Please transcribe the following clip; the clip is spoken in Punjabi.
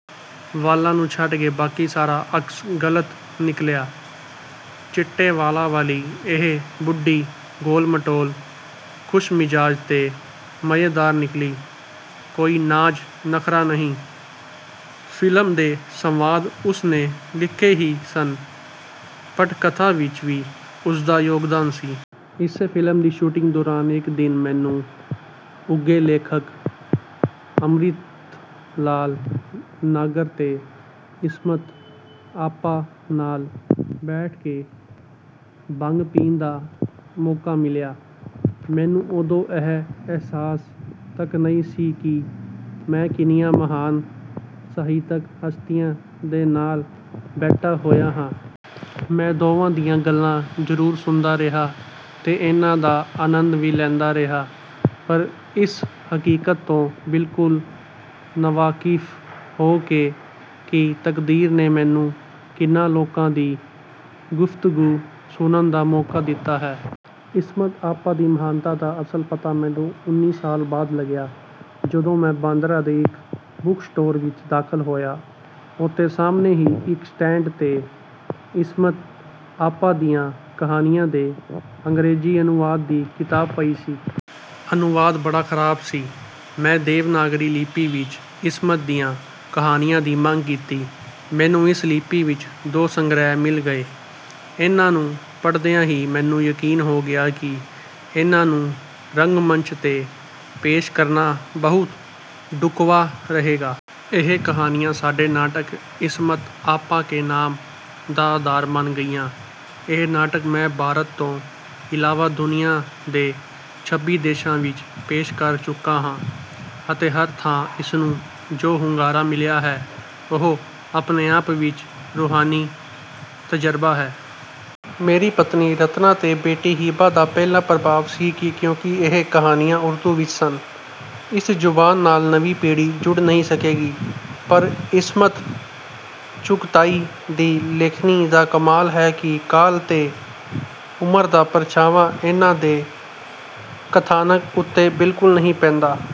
ਵਾਲਾਂ ਨੂੰ ਛੱਡ ਕੇ ਬਾਕੀ ਸਾਰਾ ਅਕਸ ਗ਼ਲਤ ਨਿਕਲਿਆ। ਚਿੱਟੇ ਵਾਲਾਂ ਵਾਲੀ ਇਹ 'ਬੁੱਢੀ' ਗੋਲ-ਮਟੋਲ, ਖੁਸ਼ਮਿਜ਼ਾਜ ਤੇ ਮਜ਼ੇਦਾਰ ਨਿਕਲੀ। ਕੋਈ ਨਾਜ਼-ਨਖ਼ਰਾ ਨਹੀਂ। ਫ਼ਿਲਮ ਦੇ ਸੰਵਾਦ ਉਸ ਨੇ ਲਿਖੇ ਹੀ ਸਨ, ਪਟਕਥਾ ਵਿੱਚ ਵੀ ਉਸਦਾ ਯੋਗਦਾਨ ਸੀ। ਇਸੇ ਫ਼ਿਲਮ ਦੀ ਸ਼ੂਟਿੰਗ ਦੌਰਾਨ ਇੱਕ ਦਿਨ ਮੈਨੂੰ ਉੱਘੇ ਲੇਖਕ ਅੰਮ੍ਰਿਤਲਾਲ ਨਾਗਰ ਤੇ ਇਸਮਤ ਆਪਾ ਨਾਲ ਬੈਠ ਕੇ ਭੰਗ ਪੀਣ ਦਾ ਮੌਕਾ ਮਿਲਿਆ। ਮੈਨੂੰ ਉਦੋਂ ਇਹ ਅਹਿਸਾਸ ਤੱਕ ਨਹੀਂ ਸੀ ਕਿ ਮੈਂ ਕਿੰਨੀਆਂ ਮਹਾਨ ਸਾਹਿਤਕ ਹਸਤੀਆਂ ਦੇ ਨਾਲ ਬੈਠਾ ਹੋਇਆ ਹਾਂ। ਮੈਂ ਦੋਵਾਂ ਦੀਆਂ ਗੱਲਾਂ ਜ਼ਰੂਰ ਸੁਣਦਾ ਰਿਹਾ ਤੇ ਇਹਨਾਂ ਦਾ ਆਨੰਦ ਵੀ ਲੈਂਦਾ ਰਿਹਾ, ਪਰ ਇਸ ਹਕੀਕਤ ਤੋਂ ਬਿਲਕੁਲ ਨਾਵਾਕਿਫ਼ ਹੋ ਕੇ ਕਿ ਤਕਦੀਰ ਨੇ ਮੈਨੂੰ ਕਿਹਨਾਂ ਲੋਕਾਂ ਦੀ ਗੁਫ਼ਤਗੂ ਸੁਣਨ ਦਾ ਮੌਕਾ ਦਿੱਤਾ ਹੈ। ਇਸਮਤ ਆਪਾ ਦੀ ਮਹਾਨਤਾ ਦਾ ਅਸਲ ਪਤਾ ਮੈਨੂੰ ਉੱਨੀ ਸਾਲਾਂ ਬਾਅਦ ਲੱਗਿਆ ਜਦੋਂ ਮੈਂ ਬਾਂਦਰਾ ਦੇ ਇੱਕ ਬੁੱਕ ਸਟੋਰ ਵਿੱਚ ਦਾਖ਼ਲ ਹੋਇਆ। ਉੱਥੇ ਸਾਹਮਣੇ ਹੀ ਇੱਕ ਸਟੈਂਡ 'ਤੇ ਇਸਮਤ ਆਪਾ ਦੀਆਂ ਕਹਾਣੀਆਂ ਦੇ ਅੰਗਰੇਜ਼ੀ ਅਨੁਵਾਦ ਦੀ ਕਿਤਾਬ ਪਈ ਸੀ। ਅਨੁਵਾਦ ਬੜਾ ਖਰਾਬ ਸੀ। ਮੈਂ ਦੇਵਨਾਗਰੀ ਲਿੱਪੀ ਵਿੱਚ ਇਸਮਤ ਦੀਆਂ ਕਹਾਣੀਆਂ ਦੀ ਮੰਗ ਕੀਤੀ। ਮੈਨੂੰ ਇਸ ਲਿੱਪੀ ਵਿੱਚ ਦੋ ਸੰਗ੍ਰਹਿ ਮਿਲ ਗਏ। ਇਨ੍ਹਾਂ ਨੂੰ ਪੜ੍ਹਦਿਆਂ ਹੀ ਮੈਨੂੰ ਯਕੀਨ ਹੋ ਗਿਆ ਕਿ ਇਨ੍ਹਾਂ ਨੂੰ ਰੰਗਮੰਚ 'ਤੇ ਪੇਸ਼ ਕਰਨਾ ਬਹੁਤ ਢੁੱਕਵਾਂ ਰਹੇਗਾ। ਇਹ ਕਹਾਣੀਆਂ ਸਾਡੇ ਨਾਟਕ 'ਇਸਮਤ ਆਪਾ ਕੇ ਨਾਮ' ਦਾ ਆਧਾਰ ਬਣ ਗਈਆਂ। ਇਹ ਨਾਟਕ, ਮੈਂ ਭਾਰਤ ਤੋਂ ਇਲਾਵਾ ਦੁਨੀਆਂ ਦੇ ਛੱਬੀ ਦੇਸ਼ਾਂ ਵਿੱਚ ਪੇਸ਼ ਕਰ ਚੁੱਕਾ ਹਾਂ ਅਤੇ ਹਰ ਥਾਂ ਇਸਨੂੰ ਜੋ ਹੁੰਗਾਰਾ ਮਿਲਿਆ ਹੈ, ਉਹ ਆਪਣੇ ਆਪ ਵਿੱਚ ਰੂਹਾਨੀ ਤਜਰਬਾ ਹੈ। ਮੇਰੀ ਪਤਨੀ ਰਤਨਾ ਤੇ ਬੇਟੀ ਹੀਬਾ ਦਾ ਪਹਿਲਾ ਪ੍ਰਭਾਵ ਸੀ ਕਿ ਕਿਉਂਕਿ ਇਹ ਕਹਾਣੀਆਂ ਉਰਦੂ ਵਿੱਚ ਹਨ, ਇਸ ਜ਼ੁਬਾਨ ਨਾਲ ਨਵੀਂ ਪੀੜ੍ਹੀ ਜੁੜ ਨਹੀਂ ਸਕੇਗੀ। ਪਰ ਇਸਮਤ ਚੁਗਤਾਈ ਦੀ ਲੇਖਣੀ ਦਾ ਕਮਾਲ ਹੈ ਕਿ ਕਾਲ ਤੇ ਉਮਰ ਦਾ ਪਰਛਾਵਾਂ ਇਹਨਾਂ ਦੇ ਕਥਾਨਕ ਉੱਤੇ ਬਿਲਕੁਲ ਨਹੀਂ ਪੈਂਦਾ।